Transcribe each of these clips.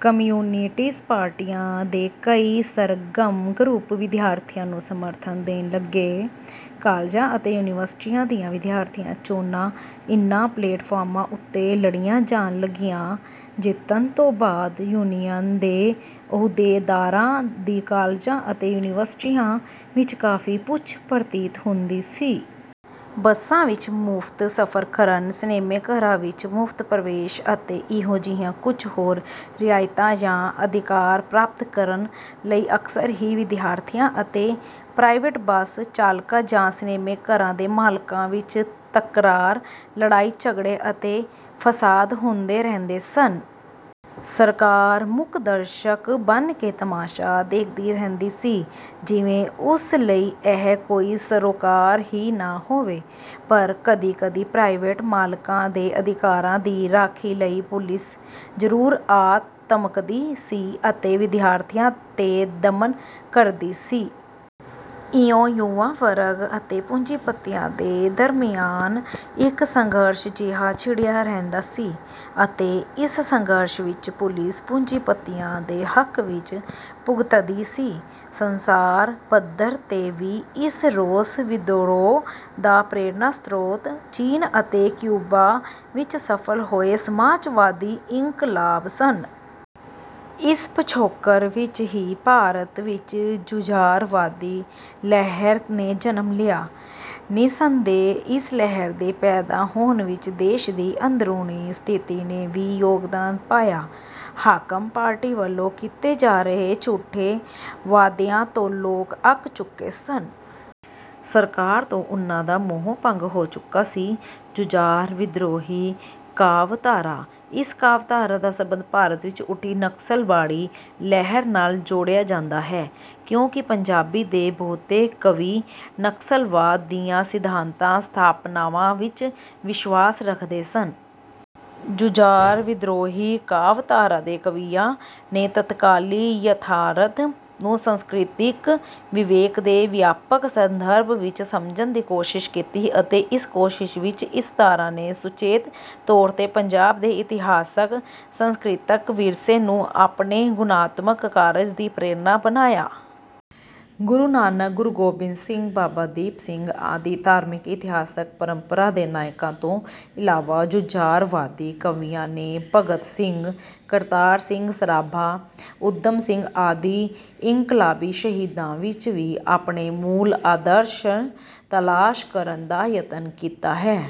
Communist ਪਾਰਟੀਆਂ ਦੇ ਕਈ ਸਰਗਰਮ ਗਰੁੱਪ ਵਿਦਿਆਰਥੀਆਂ ਨੂੰ ਸਮਰਥਨ ਦੇਣ ਲੱਗੇ। ਕਾਲਜਾਂ ਅਤੇ ਯੂਨੀਵਰਸਿਟੀਆਂ ਦੀਆਂ ਵਿਦਿਆਰਥੀ ਚੋਣਾਂ ਇਨ੍ਹਾਂ ਪਲੇਟਫਾਰਮਾਂ ਉੱਤੇ ਲੜੀਆਂ ਜਾਣ ਲੱਗੀਆਂ। ਜਿੱਤਣ ਤੋਂ ਬਾਅਦ ਯੂਨੀਅਨ ਦੇ ਅਹੁਦੇਦਾਰਾਂ ਦੀ ਕਾਲਜਾਂ ਅਤੇ ਯੂਨੀਵਰਸਿਟੀਆਂ ਵਿੱਚ ਕਾਫ਼ੀ ਪੁੱਛ-ਪ੍ਰਤੀਤ ਹੁੰਦੀ ਸੀ। ਬੱਸਾਂ ਵਿੱਚ ਮੁਫ਼ਤ ਸਫ਼ਰ ਕਰਨ, ਸਿਨੇਮਾ ਘਰਾਂ ਵਿੱਚ ਮੁਫ਼ਤ ਪ੍ਰਵੇਸ਼ ਅਤੇ ਇਹੋ ਜਿਹੀਆਂ ਕੁਝ ਹੋਰ ਰਿਆਇਤਾਂ ਜਾਂ ਅਧਿਕਾਰ ਪ੍ਰਾਪਤ ਕਰਨ ਲਈ ਅਕਸਰ ਹੀ ਵਿਦਿਆਰਥੀਆਂ ਅਤੇ ਪ੍ਰਾਈਵੇਟ ਬੱਸ ਚਾਲਕਾਂ ਜਾਂ ਸਿਨੇਮਾ ਘਰਾਂ ਦੇ ਮਾਲਕਾਂ ਵਿੱਚ ਤਕਰਾਰ, ਲੜਾਈ-ਝਗੜੇ ਅਤੇ ਫ਼ਸਾਦ ਹੁੰਦੇ ਰਹਿੰਦੇ ਸਨ। ਸਰਕਾਰ ਮੂਕ ਦਰਸ਼ਕ ਬਣ ਕੇ ਤਮਾਸ਼ਾ ਦੇਖਦੀ ਰਹਿੰਦੀ ਸੀ, ਜਿਵੇਂ ਉਸ ਲਈ ਇਹ ਕੋਈ ਸਰੋਕਾਰ ਹੀ ਨਾ ਹੋਵੇ। ਪਰ ਕਦੀ-ਕਦੀ ਪ੍ਰਾਈਵੇਟ ਮਾਲਕਾਂ ਦੇ ਅਧਿਕਾਰਾਂ ਦੀ ਰਾਖੀ ਲਈ ਪੁਲਿਸ ਜ਼ਰੂਰ ਆ ਧਮਕਦੀ ਸੀ ਅਤੇ ਵਿਦਿਆਰਥੀਆਂ ’ਤੇ ਦਮਨ ਕਰਦੀ ਸੀ। ਇਉਂ ਯੁਵਾ ਵਰਗ ਅਤੇ ਪੂੰਜੀਪਤੀਆਂ ਦੇ ਦਰਮਿਆਨ ਇੱਕ ਸੰਘਰਸ਼ ਜਿਹਾ ਛਿੜਿਆ ਰਹਿੰਦਾ ਸੀ ਅਤੇ ਇਸ ਸੰਘਰਸ਼ ਵਿੱਚ ਪੁਲਿਸ ਪੂੰਜੀਪਤੀਆਂ ਦੇ ਹੱਕ ਵਿੱਚ ਭੁਗਤਦੀ ਸੀ। ਸੰਸਾਰ ਪੱਧਰ ’ਤੇ ਵੀ ਇਸ ਰੋਸ-ਵਿਦਰੋਹ ਦਾ ਪ੍ਰੇਰਣਾ-ਸਰੋਤ ਚੀਨ ਅਤੇ ਕਿਊਬਾ ਵਿੱਚ ਸਫ਼ਲ ਹੋਏ ਸਮਾਜਵਾਦੀ ਇਨਕਲਾਬ ਸਨ। ਇਸ ਪਿਛੋਕੜ ਵਿੱਚ ਹੀ ਭਾਰਤ ਵਿੱਚ ਜੁਝਾਰਵਾਦੀ ਲਹਿਰ ਨੇ ਜਨਮ ਲਿਆ। ਨਿਰਸੰਦੇਹ, ਇਸ ਲਹਿਰ ਦੇ ਪੈਦਾ ਹੋਣ ਵਿੱਚ ਦੇਸ਼ ਦੀ ਅੰਦਰੂਨੀ ਸਥਿਤੀ ਨੇ ਵੀ ਯੋਗਦਾਨ ਪਾਇਆ। ਹਾਕਮ ਪਾਰਟੀ ਵੱਲੋਂ ਕੀਤੇ ਜਾ ਰਹੇ ਝੂਠੇ ਵਾਅਦਿਆਂ ਤੋਂ ਲੋਕ ਅੱਕ ਚੁੱਕੇ ਸਨ। ਸਰਕਾਰ ਤੋਂ ਉਨ੍ਹਾਂ ਦਾ ਮੋਹ-ਭੰਗ ਹੋ ਚੁੱਕਾ ਸੀ। ਜੁਝਾਰ-ਵਿਦਰੋਹੀ ਕਾਵਿ ਧਾਰਾ: ਇਸ ਕਾਵਿ ਧਾਰਾ ਦਾ ਸੰਬੰਧ ਭਾਰਤ ਵਿੱਚ ਉੱਠੀ ਨਕਸਲਬਾੜੀ ਲਹਿਰ ਨਾਲ ਜੋੜਿਆ ਜਾਂਦਾ ਹੈ, ਕਿਉਂਕਿ ਪੰਜਾਬੀ ਦੇ ਬਹੁਤੇ ਕਵੀ ਨਕਸਲਵਾਦ ਦੀਆਂ ਸਿਧਾਂਤਕ ਸਥਾਪਨਾਵਾਂ ਵਿੱਚ ਵਿਸ਼ਵਾਸ ਰੱਖਦੇ ਸਨ। ਜੁਝਾਰ-ਵਿਦਰੋਹੀ ਕਾਵਿ ਧਾਰਾ ਦੇ ਕਵੀਆਂ ਨੇ ਤਤਕਾਲੀ ਯਥਾਰਥ ਨੂੰ ਸਾਂਸਕ੍ਰਿਤਿਕ ਵਿਵੇਕ ਦੇ ਵਿਆਪਕ ਸੰਦਰਭ ਵਿੱਚ ਸਮਝਣ ਦੀ ਕੋਸ਼ਿਸ਼ ਕੀਤੀ ਅਤੇ ਇਸ ਕੋਸ਼ਿਸ਼ ਵਿੱਚ ਇਸ ਧਾਰਾ ਨੇ ਸੁਚੇਤ ਤੌਰ ’ਤੇ ਪੰਜਾਬ ਦੇ ਇਤਿਹਾਸਕ-ਸਾਂਸਕ੍ਰਿਤਿਕ ਵਿਰਸੇ ਨੂੰ ਆਪਣੇ ਗੁਣਾਤਮਕ ਕਾਰਜ ਦੀ ਪ੍ਰੇਰਣਾ ਬਣਾਇਆ। ਗੁਰੂ ਨਾਨਕ, ਗੁਰੂ ਗੋਬਿੰਦ ਸਿੰਘ, ਬਾਬਾ ਦੀਪ ਸਿੰਘ ਆਦਿ ਧਾਰਮਿਕ-ਇਤਿਹਾਸਕ ਪਰੰਪਰਾ ਦੇ ਨਾਇਕਾਂ ਤੋਂ ਇਲਾਵਾ, ਜੁਝਾਰਵਾਦੀ ਕਵੀਆਂ ਨੇ ਭਗਤ ਸਿੰਘ, ਕਰਤਾਰ ਸਿੰਘ ਸਰਾਭਾ, ਊਧਮ ਸਿੰਘ ਆਦਿ ਇਨਕਲਾਬੀ ਸ਼ਹੀਦਾਂ ਵਿੱਚ ਵੀ ਆਪਣੇ ਮੂਲ ਆਦਰਸ਼ ਤਲਾਸ਼ ਕਰਨ ਦਾ ਯਤਨ ਕੀਤਾ ਹੈ।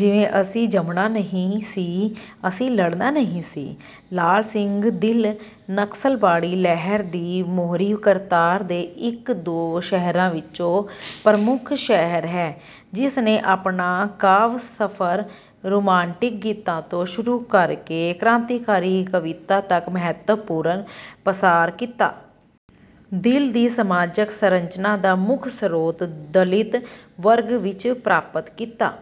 ਜਿਵੇਂ: “ਅਸੀਂ ਜੰਮਣਾ ਨਹੀਂ ਸੀ, ਅਸੀਂ ਲੜਨਾ ਨਹੀਂ ਸੀ।” ਲਾਲ ਸਿੰਘ ਦਿਲ ਨਕਸਲਬਾੜੀ ਲਹਿਰ ਦੀ ਮੋਹਰੀ ਕਤਾਰ ਦੇ ਇੱਕ-ਦੋ ਸ਼ਾਇਰਾਂ ਵਿੱਚੋਂ ਪ੍ਰਮੁੱਖ ਸ਼ਾਇਰ ਹੈ, ਜਿਸ ਨੇ ਆਪਣਾ ਕਾਵਿ-ਸਫ਼ਰ ਰੁਮਾਂਟਿਕ ਗੀਤਾਂ ਤੋਂ ਸ਼ੁਰੂ ਕਰਕੇ ਕ੍ਰਾਂਤੀਕਾਰੀ ਕਵਿਤਾ ਤੱਕ ਮਹੱਤਵਪੂਰਨ ਪਸਾਰ ਕੀਤਾ। “ਦਿਲ ਦੀ ਸਮਾਜਕ ਸਰੰਚਨਾ ਦਾ ਮੁੱਖ ਸਰੋਤ ਦਲਿਤ ਵਰਗ ਵਿੱਚ ਪ੍ਰਾਪਤ ਕੀਤਾ...